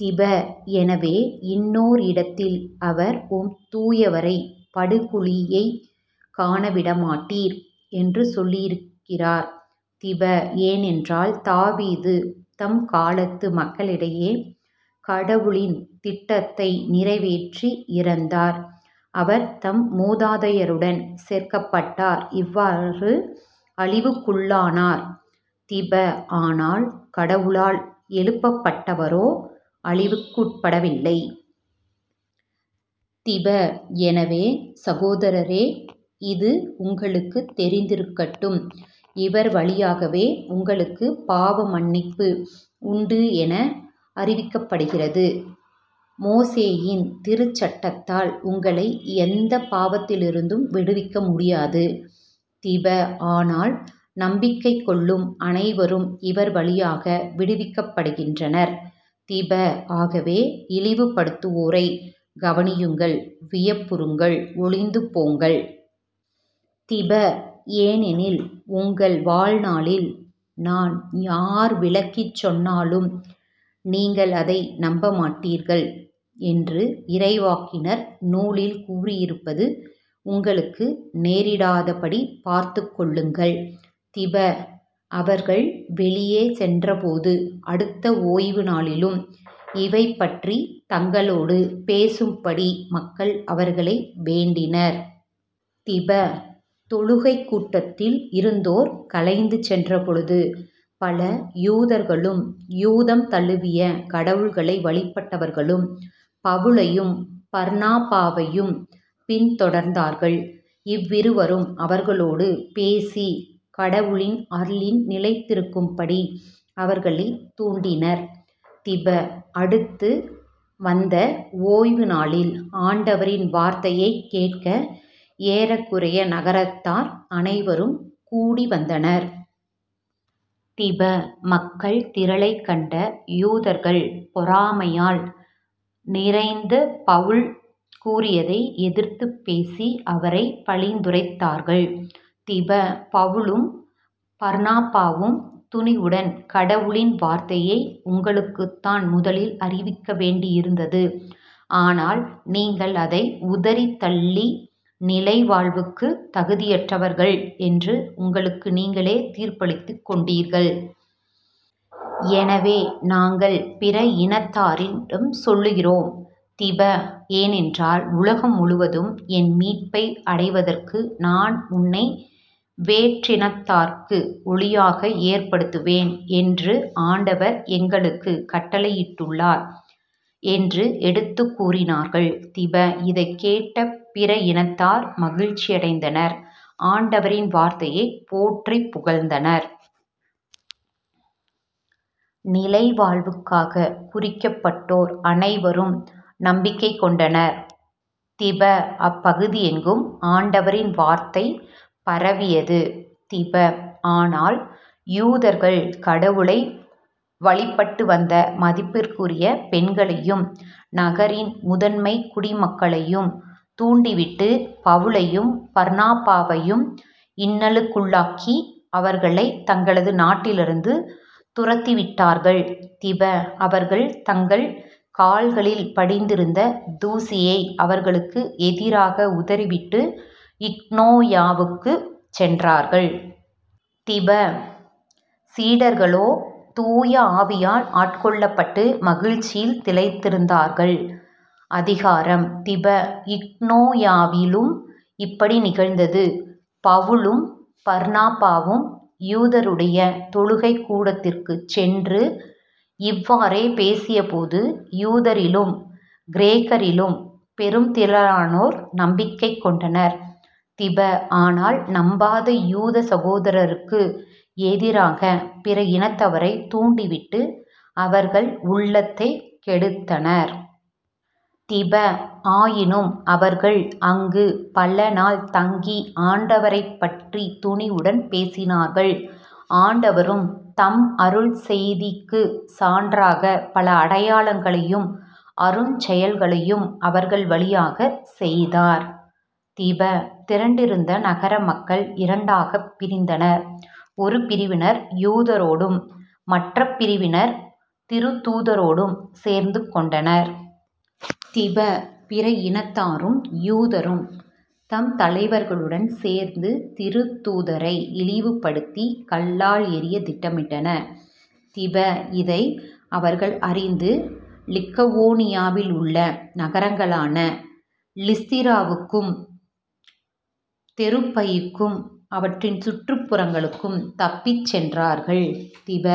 திப. எனவே இன்னோர் இடத்தில் அவர் " உம் தூயவரை படுகுழியைக் காணவிடமாட்டீர் " என்றும் சொல்லியிருக்கிறார். திப. ஏனென்றால் தாவீது தம் காலத்து மக்களிடையே கடவுளின் திட்டத்தை நிறைவேற்றி இறந்தார். அவர் தம் மூதாதையருடன் சேர்க்கப்பட்டார் இவ்வாறு அழிவுக்குள்ளானார். திப. ஆனால் கடவுளால் எழுப்பப்பட்டவரோ அழிவுக்குட்படவில்லை. திப. எனவே சகோதரரே இது உங்களுக்குத் தெரிந்திருக்கட்டும் இவர் வழியாகவே உங்களுக்கப் பாவ மன்னிப்பு உண்டு என அறிவிக்கப்படுகிறது. மோசேயின் திருச்சட்டத்தால் உங்களை எந்தப் பாவத்திலிருந்தும் விடுவிக்கமுடியாது. திப. ஆனால் நம்பிக்கை கொள்ளும் அனைவரும் இவர்வழியாக விடுவிக்கப்படுகின்றனர். திப. ஆகவே " இழிவுபடுத்துவோரே கவனியுங்கள், வியப்புறுங்கள், ஒழிந்து போங்கள். திப. ஏனெனில் உங்கள் வாழ்நாளில் நான் யார் விளக்கிச் சொன்னாலும் நீங்கள் அதை நம்பமாட்டீர்கள். " என்று இறைவாக்கினர் நூலில் கூறியிருப்பது உங்களுக்கு நேரிடாதபடி பார்த்துக்கொள்ளுங்கள். திப. அவர்கள் வெளியே சென்றபோது அடுத்த ஓய்வு நாளிலும் இவை பற்றித் தங்களோடு பேசும்படி மக்கள் அவர்களை வேண்டினர். திப. தொழுகைக் கூடத்தில் இருந்தோர் கலைந்து சென்றபோது பல யூதர்களும் யூதம் தழுவிக் கடவுளை வழிபட்டவர்களும் பவுலையும் பர்னபாவையும் பின் தொடர்ந்தார்கள். இவ்விருவரும் அவர்களோடு பேசிக் கடவுளின் அருளில் நிலைத்திருக்கும்படி அவர்களைத் தூண்டினர். திப. அடுத்து வந்த ஓய்வு நாளில் ஆண்டவரின் வார்த்தையைக் கேட்க ஏறக்குறைய நகரத்தார் அனைவரும் கூடி வந்தனர். திப. மக்கள் திரளைக் கண்ட யூதர்கள் பொறாமையால் நிறைந்து பவுல் கூறியதை எதிர்த்துப் பேசி அவரைப் பழித்துரைத்தார்கள். திப. பவுலும் பர்னபாவும் துணிவுடன் " கடவுளின் வார்த்தையை உங்களுக்குத்தான் முதலில் அறிவிக்க வேண்டியிருந்தது. ஆனால் நீங்கள் அதனை உதறித் தள்ளி நிலை வாழ்வுக்குத் தகுதியற்றவர்கள் என்று உங்களுக்கு நீங்களே தீர்ப்பளித்துக் கொண்டீர்கள். எனவே நாங்கள் பிற இனத்தாரிடம் செல்லுகிறோம். திப. ஏனென்றால் " உலகம் முழுவதும் என் மீட்பை அடைவதற்கு நான் உன்னை வேற்றினத்தார்க்கு ஒளியாக ஏற்படுத்துவேன் " என்று ஆண்டவர் எங்களுக்குக் கட்டளையிட்டுள்ளார் " என்று எடுத்துக் கூறினார்கள். திப. இதைக் கேட்ட பிற இனத்தார் மகிழ்ச்சியடைந்தனர் ஆண்டவரின் வார்த்தையைப் போற்றிப் புகழ்ந்தனர். நிலைவாழ்வுக்காகக் குறிக்கப்பட்டோ ர் அனைவரும் நம்பிக்கை கொண்டனர். திப. அப்பகுதியெங்கும் ஆண்டவரின் வார்த்தை பரவியது. திப. ஆனால் யூதர்கள் கடவுளை வழிபட்டு வந்த மதிப்புக்குரிய பெண்களையும் நகரின் முதன்மைக் குடிமக்களையும் தூண்டிவிட்டு பவுலையும் பர்னபாவையும் இன்னலுக்குள்ளாக்கி அவர்களைத் தங்களது நாட்டிலிருந்து துரத்திவிட்டார்கள். திப. அவர்கள் தங்கள் கால்களில் படிந்திருந்த தூசியை அவர்களுக்கு எதிராக உதறிவிட்டு இக்கோனியாவுக்குச் சென்றார்கள். திப. சீடர்களோ தூய ஆவியால் ஆட்கொள்ளப்பட்டு மகிழ்ச்சியில் திளைத்திருந்தார்கள்.. அதிகாரம் திப. இக்கோனியாவிலும் இப்படியே நிகழ்ந்தது. பவுலும் பர்னபாவும் யூதருடைய தொழுகைக் கூடத்திற்குச் சென்று இவ்வாறே பேசியபோது யூதரிலும் கிரேக்கரிலும் பெருந் திரளானோர் நம்பிக்கை கொண்டனர். திப. ஆனால் நம்பாத யூதர் சகோதரருக்கு எதிராகப் பிற இனத்தவரைத் தூண்டிவிட்டு அவர்கள் உள்ளத்தைக் கெடுத்தனர். திப. ஆயினும் அவர்கள் அங்குப் பல நாள் தங்கி ஆண்டவரைப்பற்றித் துணிவுடன் பேசினார்கள். ஆண்டவரும் தம் அருள் செய்திக்குச் சான்றாகப் பல அடையாளங்களையும் அருஞ்செயல்களையும் அவர்கள் வழியாகச் செய்தார். திப. திரண்டிருந்த நகரமக்கள் இரண்டாகப் பிரித்தனர். ஒரு பிரிவினர் யூதரோடும் மற்றப் பிரிவினர் திருத்தூதரோடும் சேர்ந்துகொண்டனர். திப. பிற இனத்தாரும் யூதரும் தம் தலைவர்களுடன் சோந்து திருத்தூதரை இழிவுபடுத்தி கல்லால் எறியத் திட்டமிட்டனர். திப. இதை அவர்கள் அறிந்து லிக்கவோனியாவிலுள்ள நகரங்களான லிஸ்திராவுக்கும் தெருபைக்கும் அவற்றின் சுற்றுப்புறங்களுக்கும் தப்பிச் சென்றார்கள். திப.